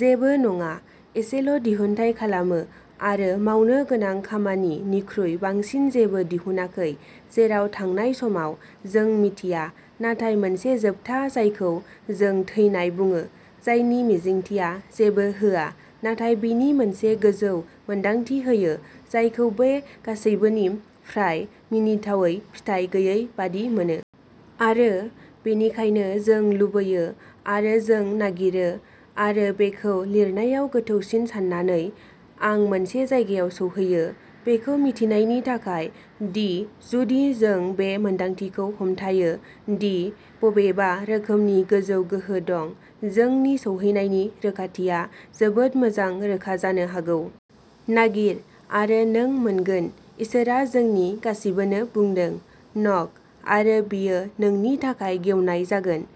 जेबो नङा, एसेल'दिहुन्थाय खालामो, आरो "मावनो गोनां खामानि" निख्रुइ बांसिन जेबो दिहुनाखै, जेराव थांनाय समाव, जों मिथिया, नाथाय मोनसे जोबथा जायखौ जों थैनाय बुङो-जायनि मिजिंथिया जेबो होआ नाथाय बेनि मोनसे गोजौ मोनदांथि होयो, जायखौ बे गासैबोनि फ्राय मिनिथावै फिथाइ गैयै बादि मोनो। आरो बेनिखायनो जों लुबैदों, आरो जों नागिरो। आरो बेखौ लिरनायाव गोथौसिन सान्नानै, आं मोनसे जायगायाव सौहैयो, बेखौ मिथिनायनि थाखाय दि जुदि जों बे मोनदांथिखौ हमथायो दि बबेबा रोखोमनि गोजौ गोहो दं, जोंनि सौहैनायनि रोखाथिया जोबोद मोजां रोखा जानो हागौ। नागिर आरो नों मोनगोन, इसोरआ जोंनि गासिबोनो बुंदों। न'क आरो बेयो नोंनि थाखाय गेवनाय जागोन।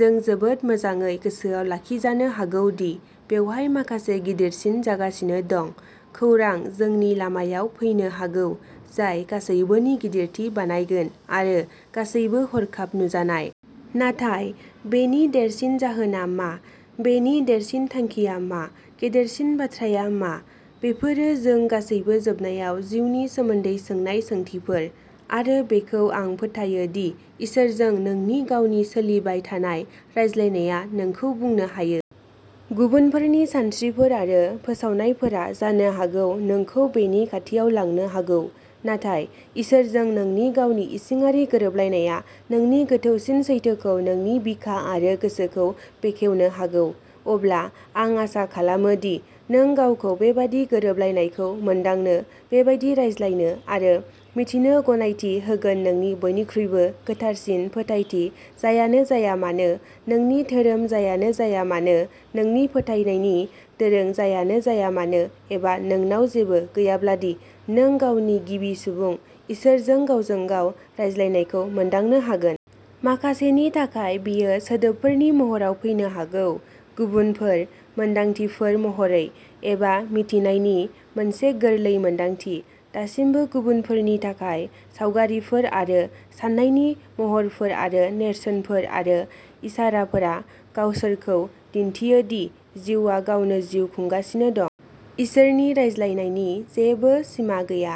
जों जोबोद मोजाङै गोसोआव लाखिजानो हागौ दि बेवहाय माखासे गिदिरसिन जागासिनो दं। खौरां जोंनि लामायाव फैनो हागौ जाय गासैबोनि "गिदिरथि" बानायगोन आरो गासैबो हरखाब नुजानाय। नाथाय बेनि देरसिन जाहोनआ मा? बेनि देरसिन थांखिया मा? गेदेरसिन बाथ्राआ मा? बेफोरो जों गासैबो जोबनायाव जिउनि सोमोन्दै सोंनाय सोंथिफोर। आरो बेखौ आं फोथायो दि इसोरजों नोंनि गावनि सोलिबाय थानाय रायज्लायनाया नोंखौ बुंनो हायो। गुबुनफोरनि सानस्रिफोर आरो फोसावनायफोरा जानो हागौ नोंखौ बेनि खाथियाव लांनो हागौ, नाथाय इसोरजों नोंनि गावनि इसिङारि गोरोबलायनाया नोंनि गोथौसिन सैथोखौ नोंनि बिखा आरो गोसोखौ बेखेवनो हागौ। अब्ला, आं आसा खालामो दि नों गावखौ बेबादि गोरोबलायनायखौ मोनदांनो, बेबादि रायज्लायनो, आरो मिथिनो गनायथि होगोननोंनि बयनिख्रुइबो गोथारसिन फोथायथि जायानो जाया मानो, नोंनि धोरोम जायानो जाया मानो, नोंनि फोथायनायनि दोरों जायानो जाया मानो, एबा नोंनाव जेबो गैयाब्लादि नों गावनि गिबि-सुबुं, इसोरजों गावजों गाव रायज्लायनायखौ मोनदांनो हागोन। माखासेनि थाखाय बेयो सोदोबफोरनि महराव फैनो हागौ। गुबुनफोर, मोन्दांथिफोर महरै, एबा "मिथिनायनि" मोनसे गोरलै मोनदांथि। दासिमबो गुबुनफोरनि थाखाय, सावगारिफोर आरो साननायनि महरफोर आरो नेरसोनफोर आरो इसाराफोरा गावसोरखौ दिन्थियो दि जिउआ गावनो जिउ खुंगासिनो दं। इसोरनि "रायज्लायनाय" नि जेबो सिमा गैया,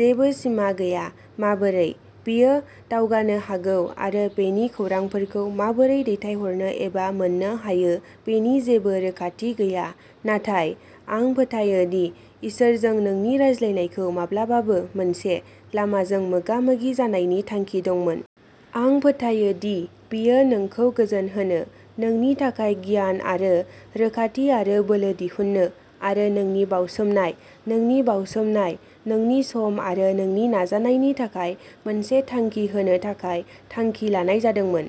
जेबो सिमा गैया, "माबोरै" बेयो दावगानो हागौ आरो बेनि खौरांफोरखौ माबोरै दैथायहरनो एबा मोन्नो हायो बेनि जेबो रोखाथि गैया। नाथाय आं फोथायो दि इसोरजों नोंनि रायज्लायनायखौ माब्लाबाबो मोनसे-लामाजों मोगा-मोगि जानायनि थांखि दंमोन। आं फोथायो दि बेयो नोंखौ गोजोन होनो, नोंनि थाखाय गियान आरो रोखाथि आरो बोलो दिहुननो, आरो नोंनि बाउसोमनाय, नोंनि बाउसोमनाय, नोंनि सम आरो नोंनि नाजानायनि थाखाय मोनसे थांखि होनो थाखाय थांखि लानाय जादोंमोन।